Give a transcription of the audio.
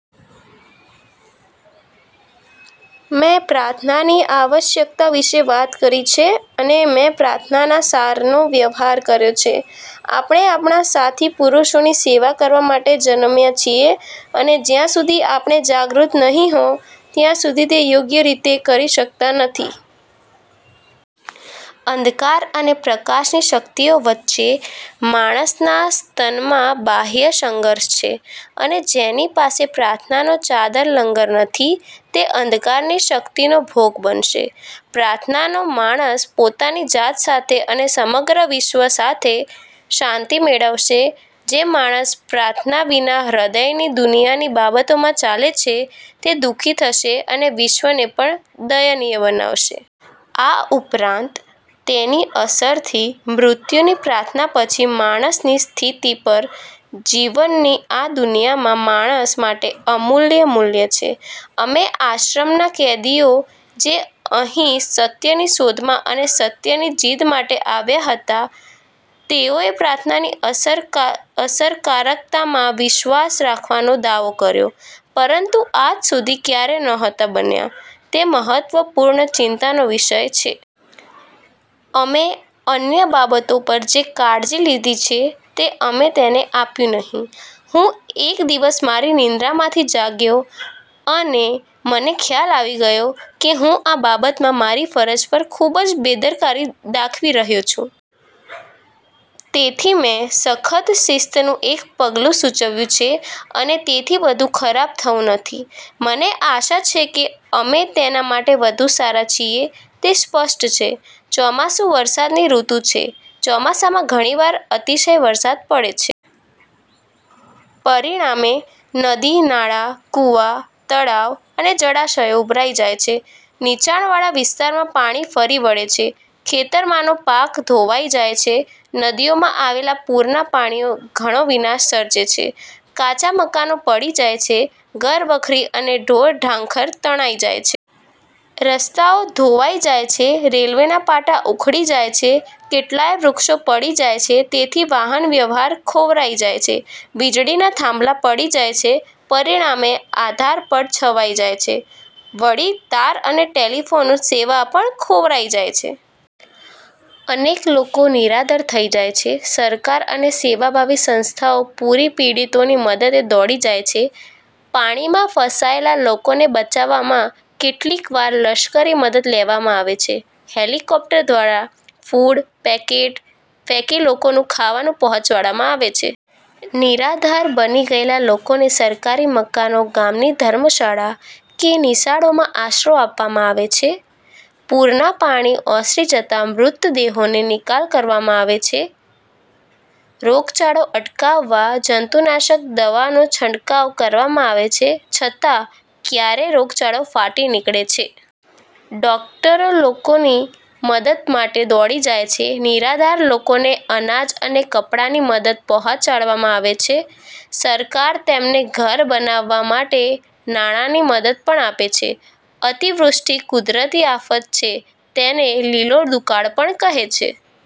મેં પ્રાર્થનાની આવશ્યકતા વિશે વાત કરી છે, અને મેં પ્રાર્થનાના સારનો વ્યવહાર કર્યો છે. આપણે આપણા સાથી પુરુષોની સેવા કરવા માટે જન્મ્યા છીએ, અને જ્યાં સુધી આપણે જાગૃત નહીં હો ત્યાં સુધી તે યોગ્ય રીતે કરી શકતા નથી. અંધકાર અને પ્રકાશની શક્તિઓ વચ્ચે માણસના સ્તનમાં બાહ્ય સંઘર્ષ છે, અને જેની પાસે પ્રાર્થનાનો ચાદર લંગર નથી, તે અંધકારની શક્તિનો ભોગ બનશે. પ્રાર્થનાનો માણસ પોતાની જાત સાથે અને સમગ્ર વિશ્વ સાથે શાંતિ મેળવશે: જે માણસ પ્રાર્થના વિના હૃદયની દુનિયાની બાબતોમાં ચાલે છે તે દુ:ખી થશે અને વિશ્વને પણ દયનીય બનાવશે. આ ઉપરાંત, તેની અસરથી, મૃત્યુની પ્રાર્થના પછી માણસની સ્થિતિ પર, જીવનની આ દુનિયામાં માણસ માટે અમૂલ્ય મૂલ્ય છે. અમે, આશ્રમના કેદીઓ, જે અહીં સત્યની શોધમાં અને સત્યની જીદ માટે આવ્યા હતા, તેઓએ પ્રાર્થનાની અસરકારકતામાં વિશ્વાસ રાખવાનો દાવો કર્યો, પરંતુ આજ સુધી ક્યારેય નહોતા બન્યા, તે મહત્વપૂર્ણ ચિંતાનો વિષય છે. અમે અન્ય બાબતો પર જે કાળજી લીધી છે તે અમે તેને આપ્યું નહીં. હું એક દિવસ મારી નિંદ્રામાંથી જાગ્યો અને મને ખ્યાલ આવી ગયો કે હું આ બાબતમાં મારી ફરજ પર ખૂબ જ બેદરકારી દાખવી રહ્યો છું. તેથી, મેં સખત શિસ્તનું એક પગલું સૂચવ્યું છે, અને તેથી વધુ ખરાબ થવું નથી, મને આશા છે કે અમે તેના માટે વધુ સારા છીએ, તે સ્પષ્ટ છે. ચોમાસુ વરસાદ ની ઋતુ છે. ચોમાસામાં ઘણીવાર અતિશય વરસાદ પડે છે. પરિણામે નદી-નાળાં, કૂવા, તળાવ અને જળાશયો ઉભરાઇ જાય છે. નીચાણવાળા વિસ્તારમાં પાણી ફરી વળે છે. ખેતરમાંનો પાક ધોવાઈ જાય છે. નદીઓમાં આવેલા પૂરના પાણી ઘણો વિનાશ સર્જે છે. કાચા મકાનો પડી જાય છે. ઘરવખરી અને ઢોરઢાંખર તણાઈ જાય છે. રસ્તાઓ ધોવાઇ જાય છે. રેલવેના પાટા ઉખડી જાય છે. કેટલાય વૃક્ષો પડી જાય છે. તેથી વાહન વ્યવહાર ખોરવાઇ જાય છે. વીજળીના થાંભલા પડી જાય છે. પરિણામે અંધારપટ છવાઈ જાય છે. વળી તાર અને ટેલિફોન સેવા પણ ખોરવાઈ જાય છે. અનેક લોકો નિરાધાર થઇ જાય છે. સરકાર અને સેવાભાવી સંસ્થાઓ પૂરપીડિતોની મદદે દોડી જાય છે. પાણીમાં ફસાયેલા લોકોને બચાવવામાં કેટલીક વાર લશ્કરની મદદ લેવામાં આવે છે. હેલિકોપ્ટર દ્વારા ફુડ પેકેટ ફેકી લોકોને ખાવાનું પહોંચાડવામાં આવે છે. નિરાધાર બની ગયેલા લોકોને સરકારી મકાનો, ગામની ધર્મશાળા કે નિશાળોમાં આશરે આપવામાં આવે છે. પૂરના પાણી ઓસરી જતા મૃતદેહોનો નિકાલ કરવામાં આવે છે. રોગચાળો અટકાવવા જંતુનાશક દવાનો છંટકાવ કરવામાં આવે છે. છતાં ક્યારેક રોગચાળો ફાટી નીકળે છે. ડોક્ટરો લોકોની મદદ માટે દોડી જાય છે. નિરાધાર લોકોને અનાજ અને કપડાની મદદ પહોંચાડવામાં આવે છે. સરકાર તેમને ઘર બનાવવા માટે નાણાંની મદદ પણ આપે છે. અતિવૃષ્ટિ કુદરતી આફત છે તેને 'લીલો દુકાળ' પણ કહે છે.